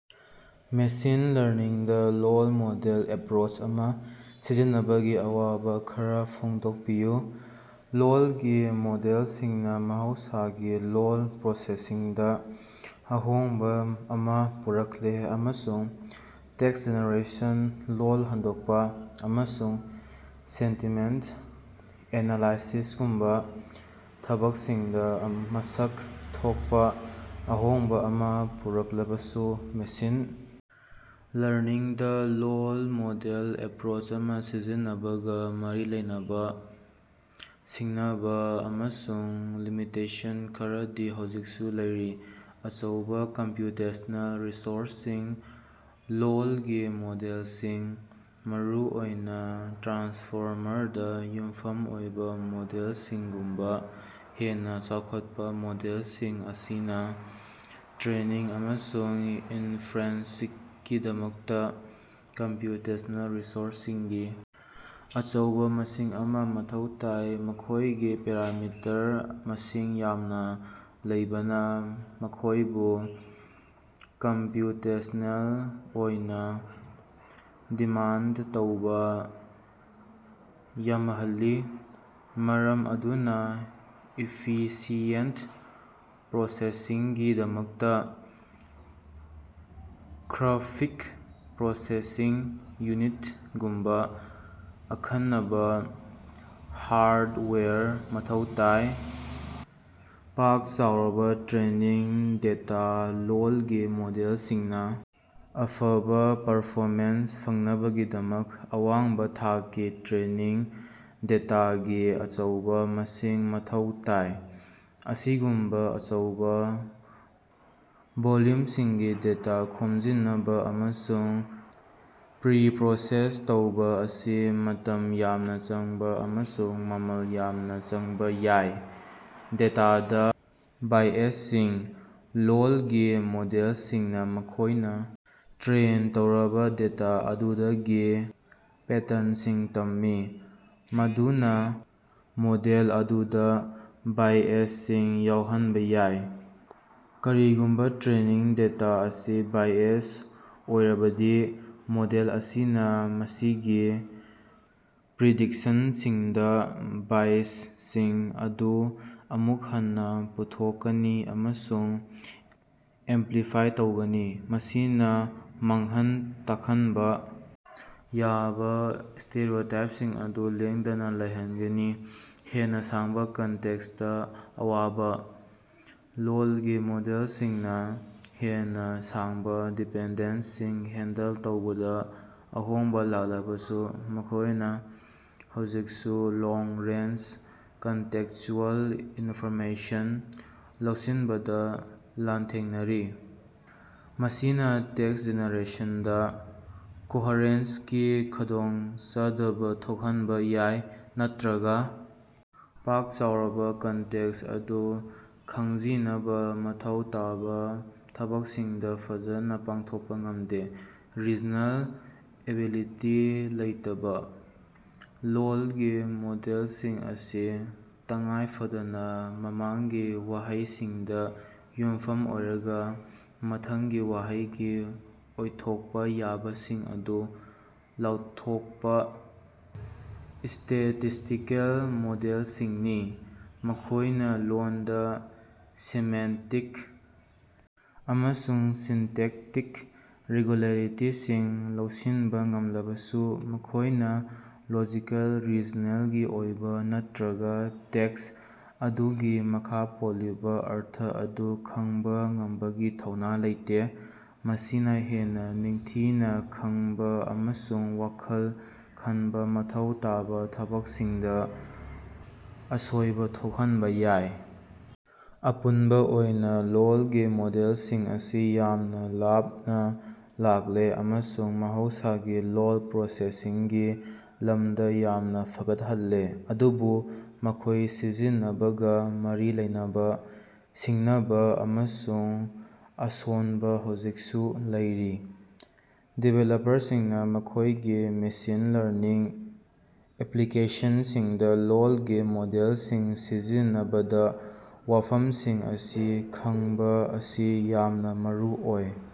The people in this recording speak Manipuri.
ꯃꯦꯁꯤꯟ ꯂꯔꯅꯤꯡꯗꯥ ꯂꯣꯜ ꯃꯣꯗꯦꯜ ꯑꯦꯄ꯭ꯔꯣꯆ ꯑꯃꯥ ꯁꯤꯖꯤꯟꯅꯕꯒꯤ ꯑꯋꯥꯕꯥ ꯈꯔꯥ ꯐꯣꯡꯗꯣꯛꯄꯤꯌꯨ꯫ ꯂꯣꯜꯒꯤ ꯃꯣꯗꯦꯜꯁꯤꯡꯅꯥ ꯃꯍꯧꯁꯥꯒꯤ ꯂꯣꯜ ꯄ꯭ꯔꯣꯁꯦꯁꯤꯡꯗꯥ ꯑꯍꯣꯡꯕꯥ ꯑꯃꯥ ꯄꯨꯔꯛꯂꯦ ꯑꯃꯁꯨꯡ ꯇꯦꯛꯁ ꯖꯦꯅꯦꯔꯦꯁꯟ, ꯂꯣꯜ ꯍꯟꯗꯣꯀꯄꯥ, ꯑꯃꯁꯨꯡ ꯁꯦꯟꯇꯤꯃꯦꯟꯇ ꯑꯦꯅꯥꯂꯥꯏꯁꯤꯁꯒꯨꯝꯕꯥ ꯊꯕꯀꯁꯤꯡꯗꯥ ꯃꯁꯛ ꯊꯣꯀꯄꯥ ꯑꯍꯣꯡꯕꯥ ꯑꯃꯥ ꯄꯨꯔꯛꯂꯕꯁꯨ, ꯃꯦꯁꯤꯟ ꯂꯔꯅꯤꯡꯗꯥ ꯂꯣꯜ ꯃꯣꯗꯦꯜ ꯑꯦꯄ꯭ꯔꯣꯆ ꯑꯃꯥ ꯁꯤꯖꯤꯟꯅꯕꯒꯥ ꯃꯔꯤ ꯂꯩꯅꯕꯥ ꯁꯤꯡꯅꯕꯥ ꯑꯃꯁꯨꯡ ꯂꯤꯃꯤꯇꯦꯁꯟ ꯈꯔꯗꯤ ꯍꯧꯖꯤꯛꯁꯨ ꯂꯩꯔꯤ꯫ ꯑꯆꯧꯕꯥ ꯀꯝꯄ꯭ꯌꯨꯇꯦꯁ꯭ꯅꯦꯜ ꯔꯤꯁꯣꯔꯁꯁꯤꯡ: ꯂꯣꯜꯒꯤ ꯃꯣꯗꯦꯜꯁꯤꯡ, ꯃꯔꯨꯑꯣꯏꯅꯥ ꯇ꯭ꯔꯥꯟꯁꯐꯣꯔꯃꯔꯗꯥ ꯌꯨꯝꯐꯝ ꯑꯣꯏꯕꯥ ꯃꯣꯗꯦꯜꯁꯤꯡꯒꯨꯝꯕꯥ ꯍꯦꯟꯅꯥ ꯆꯥꯎꯈꯠꯄꯥ ꯃꯣꯗꯦꯜꯁꯤꯡ ꯑꯁꯤꯅꯥ ꯇ꯭ꯔꯦꯅꯤꯡ ꯑꯃꯁꯨꯡ ꯏꯟꯐ꯭ꯔꯦꯟꯁꯤꯛꯀꯤꯗꯃꯛꯇꯥ ꯀꯝꯄ꯭ꯌꯨꯇꯦꯁ꯭ꯅꯦꯜ ꯔꯤꯁꯣꯔꯁꯁꯤꯡꯒꯤ ꯑꯆꯧꯕꯥ ꯃꯁꯤꯡ ꯑꯃꯥ ꯃꯊꯧ ꯇꯥꯏ꯫ ꯃꯈꯣꯌꯒꯤ ꯄꯦꯔꯥꯃꯤꯇꯔ ꯃꯁꯤꯡ ꯌꯥꯝꯅꯥ ꯂꯩꯕꯅꯥ ꯃꯈꯣꯌꯕꯨ ꯀꯝꯄꯌꯨꯇꯦꯁ꯭ꯅꯦꯜ ꯑꯣꯏꯅꯥ ꯗꯤꯃꯥꯟꯗ ꯇꯧꯕꯥ ꯌꯝꯍꯜꯂꯤ, ꯃꯔꯝ ꯑꯗꯨꯅꯥ ꯏꯐꯤꯁꯤꯌꯦꯟꯠ ꯄ꯭ꯔꯣꯁꯦꯁꯤꯡꯒꯤꯗꯃꯛꯇꯥ ꯈ꯭ꯔꯐꯤꯛ ꯄ꯭ꯔꯣꯁꯦꯁꯤꯡ ꯌꯨꯅꯤꯠ ꯒꯨꯝꯕꯥ ꯑꯈꯟꯅꯕꯥ ꯍꯥꯔꯗꯋꯦꯌꯔ ꯃꯊꯧ ꯇꯥꯏ꯫ ꯄꯥꯛ-ꯆꯥꯎꯔꯕꯥ ꯇ꯭ꯔꯦꯅꯤꯡ ꯗꯦꯇꯥ: ꯂꯣꯜꯒꯤ ꯃꯣꯗꯦꯜꯁꯤꯡꯅꯥ ꯑꯐꯕꯥ ꯄꯔꯐꯣꯃꯦꯟꯁ ꯐꯪꯅꯕꯒꯤꯗꯃꯛ ꯑꯋꯥꯡꯕꯥ ꯊꯥꯛꯀꯤ ꯇ꯭ꯔꯦꯅꯤꯡ ꯗꯦꯇꯥꯒꯤ ꯑꯆꯧꯕꯥ ꯃꯁꯤꯡ ꯃꯊꯧ ꯇꯥꯏ꯫ ꯑꯁꯤꯒꯨꯝꯕꯥ ꯑꯆꯧꯕꯥ ꯚꯣꯜꯌꯨꯝꯁꯤꯡꯒꯤ ꯗꯦꯇꯥ ꯈꯣꯝꯖꯤꯅꯕꯥ ꯑꯃꯁꯨꯡ ꯄ꯭ꯔꯤꯄ꯭ꯔꯣꯁꯦꯁ ꯇꯧꯕꯥ ꯑꯁꯤ ꯃꯇꯝ ꯌꯥꯝꯅꯥ ꯆꯪꯕꯥ ꯑꯃꯁꯨꯡ ꯃꯃꯜ ꯌꯥꯝꯅꯥ ꯆꯪꯕꯥ ꯌꯥꯏ꯫ ꯗꯦꯇꯥꯗꯥ ꯕꯥꯏꯑꯦꯖꯁꯤꯡ: ꯂꯣꯜꯒꯤ ꯃꯣꯗꯦꯜꯁꯤꯡꯅꯥ ꯃꯈꯣꯏꯅꯥ ꯇ꯭ꯔꯦꯟ ꯇꯧꯔꯕꯥ ꯗꯦꯇꯥ ꯑꯗꯨꯗꯒꯤ ꯄꯦꯇꯔꯅꯁꯤꯡ ꯇꯝꯃꯤ, ꯃꯗꯨꯅꯥ ꯃꯣꯗꯦꯜ ꯑꯗꯨꯗꯥ ꯕꯥꯏꯑꯦꯖꯁꯤꯡ ꯌꯥꯎꯍꯟꯕꯥ ꯌꯥꯏ꯫ ꯀꯔꯤꯒꯨꯝꯕꯥ ꯇ꯭ꯔꯦꯅꯤꯡ ꯗꯦꯇꯥ ꯑꯁꯤ ꯕꯥꯏꯑꯦꯖ ꯑꯣꯏꯔꯕꯗꯤ, ꯃꯣꯗꯦꯜ ꯑꯁꯤꯅꯥ ꯃꯁꯤꯒꯤ ꯄ꯭ꯔꯤꯗꯤꯛꯁꯟꯁꯤꯡꯗꯥ ꯕꯥꯏꯁꯁꯤꯡ ꯑꯗꯨ ꯑꯃꯨꯛ ꯍꯟꯅꯥ ꯄꯨꯊꯣꯛꯀꯅꯤ ꯑꯃꯁꯨꯡ ꯑꯦꯝꯄ꯭ꯂꯤꯐꯥꯏ ꯇꯧꯒꯅꯤ, ꯃꯁꯤꯅꯥ ꯃꯥꯡꯍꯟ ꯇꯥꯈꯟꯕꯥ ꯌꯥꯕꯥ ꯁ꯭ꯇꯦꯔꯤꯑꯣꯇꯥꯏꯞꯁꯤꯡ ꯑꯗꯨ ꯂꯦꯡꯗꯅꯥ ꯂꯩꯍꯟꯒꯅꯤ꯫ ꯍꯦꯟꯅꯥ ꯁꯥꯡꯕꯥ ꯀꯟꯇꯦꯛꯁꯇꯥ ꯑꯋꯥꯕꯥ: ꯂꯣꯜꯒꯤ ꯃꯣꯗꯦꯜꯁꯤꯡꯅꯥ ꯍꯦꯟꯅꯥ ꯁꯥꯡꯕꯥ ꯗꯤꯄꯦꯟꯗꯦꯟ꯭ꯁꯁꯤꯡ ꯍꯦꯟꯗꯜ ꯇꯧꯕꯗꯥ ꯑꯍꯣꯡꯕꯥ ꯂꯥꯛꯂꯕꯁꯨ, ꯃꯈꯣꯌꯅꯥ ꯍꯧꯖꯤꯛꯁꯨ ꯂꯣꯡ-ꯔꯦꯟꯖ ꯀꯟꯇꯦꯛ꯭ꯁꯆꯨꯑꯦꯜ ꯏꯅꯐꯣꯔꯃꯦꯁꯟ ꯂꯧꯁꯤꯟꯕꯗꯥ ꯂꯥꯟꯊꯦꯡꯅꯔꯤ꯫ ꯃꯁꯤꯅꯥ ꯇꯦꯛꯁ ꯖꯦꯅꯦꯔꯦꯁꯟꯗꯥ ꯀꯣꯍꯔꯦꯟꯁꯀꯤ ꯈꯗꯣꯡ ꯆꯗꯕꯊꯣꯛꯍꯟꯕꯥ ꯌꯥꯏ ꯅꯠꯇ꯭ꯔꯒꯥ ꯄꯥꯛ-ꯆꯥꯎꯔꯕꯥ ꯀꯟꯇꯦꯛ꯭ꯁ ꯑꯗꯨ ꯈꯪꯖꯤꯅꯕꯥ ꯃꯊꯧ ꯇꯥꯕꯥ ꯊꯕꯛꯁꯤꯡꯗꯥ ꯐꯖꯅꯥ ꯄꯥꯡꯊꯣꯀꯄꯥ ꯉꯝꯗꯦ꯫ ꯔꯤꯖꯅꯦꯜ ꯑꯦꯕꯤꯂꯤꯇꯤ ꯂꯩꯇꯕꯥ: ꯂꯣꯜꯒꯤ ꯃꯣꯗꯦꯜꯁꯤꯡ ꯑꯁꯤ ꯇꯉꯥꯏ ꯐꯗꯅꯥ ꯃꯃꯥꯡꯒꯤ ꯋꯥꯍꯩꯁꯤꯡꯗꯥ ꯌꯨꯝꯐꯝ ꯑꯣꯏꯔꯒꯥ ꯃꯊꯪꯒꯤ ꯋꯥꯍꯩꯒꯤ ꯑꯣꯏꯊꯣꯛꯄꯥ ꯌꯥꯕꯁꯤꯡ ꯑꯗꯨ ꯂꯥꯎꯊꯣꯀꯄꯥ ꯁ꯭ꯇꯦꯇꯤꯁꯇꯤꯀꯦꯜ ꯃꯣꯗꯦꯜꯁꯤꯡꯅꯤ꯫ ꯃꯈꯣꯏꯅꯥ ꯂꯣꯟꯗꯥ ꯁꯦꯃꯦꯟꯇꯤꯛ ꯑꯃꯁꯨꯡ ꯁꯤꯟꯇꯦꯛꯇꯤꯛ ꯔꯦꯒꯨꯂꯦꯔꯤꯇꯤꯁꯤꯡ ꯂꯧꯁꯤꯟꯕꯥ ꯉꯝꯂꯕꯁꯨ, ꯃꯈꯣꯏꯅꯥ ꯂꯣꯖꯤꯀꯦꯜ ꯔꯤꯖꯅꯦꯜꯒꯤ ꯑꯣꯏꯕꯥ ꯅꯠꯇ꯭ꯔꯒꯥ ꯇꯦꯛꯁ ꯑꯗꯨꯒꯤ ꯃꯈꯥ ꯄꯣꯜꯂꯤꯕꯥ ꯑꯔꯊ ꯑꯗꯨ ꯈꯡꯕꯥ ꯉꯝꯕꯒꯤ ꯊꯧꯅꯥ ꯂꯩꯇꯦ꯫ ꯃꯁꯤꯅꯥ ꯍꯦꯟꯅꯥ ꯅꯤꯡꯊꯤꯅꯥ ꯈꯡꯕꯥ ꯑꯃꯁꯨꯡ ꯋꯥꯈꯜ ꯈꯟꯕꯥ ꯃꯊꯧ ꯇꯥꯕꯥ ꯊꯕꯛꯁꯤꯡꯗꯥ ꯑꯁꯣꯏꯕꯥ ꯊꯣꯛꯍꯟꯕꯥ ꯌꯥꯏ꯫ ꯑꯄꯨꯟꯕꯥ ꯑꯣꯏꯅꯥ, ꯂꯣꯜꯒꯤ ꯃꯣꯗꯦꯜꯁꯤꯡ ꯑꯁꯤ ꯌꯥꯝꯅꯥ ꯂꯥꯞꯅꯥ ꯂꯥꯛꯂꯦ ꯑꯃꯁꯨꯡ ꯃꯍꯧꯁꯥꯒꯤ ꯂꯣꯜ ꯄ꯭ꯔꯣꯁꯦꯁꯤꯡꯒꯤ ꯂꯝꯗꯥ ꯌꯥꯝꯅꯥ ꯐꯒꯠꯍꯜꯂꯦ, ꯑꯗꯨꯕꯨ ꯃꯈꯣꯏ ꯁꯤꯖꯤꯟꯅꯕꯒꯥ ꯃꯔꯤ ꯂꯩꯅꯕꯥ ꯁꯤꯡꯅꯕꯥ ꯑꯃꯁꯨꯡ ꯑꯁꯣꯟꯕ ꯍꯧꯖꯤꯀꯁꯨ ꯂꯩꯔꯤ꯫ ꯗꯤꯕꯦꯂꯞꯄꯔꯁꯤꯡꯅꯥ ꯃꯈꯣꯏꯒꯤ ꯃꯦꯁꯤꯟ ꯂꯔꯅꯤꯡ ꯑꯦꯞꯂꯤꯀꯦꯁꯟꯁꯤꯡꯗꯥ ꯂꯣꯜꯒꯤ ꯃꯣꯗꯦꯜꯁꯤꯡ ꯁꯤꯖꯤꯟꯅꯕꯗꯥ ꯋꯥꯐꯝꯁꯤꯡ ꯑꯁꯤ ꯈꯡꯕꯥ ꯑꯁꯤ ꯌꯥꯝꯅꯥ ꯃꯔꯨꯑꯣꯏ꯫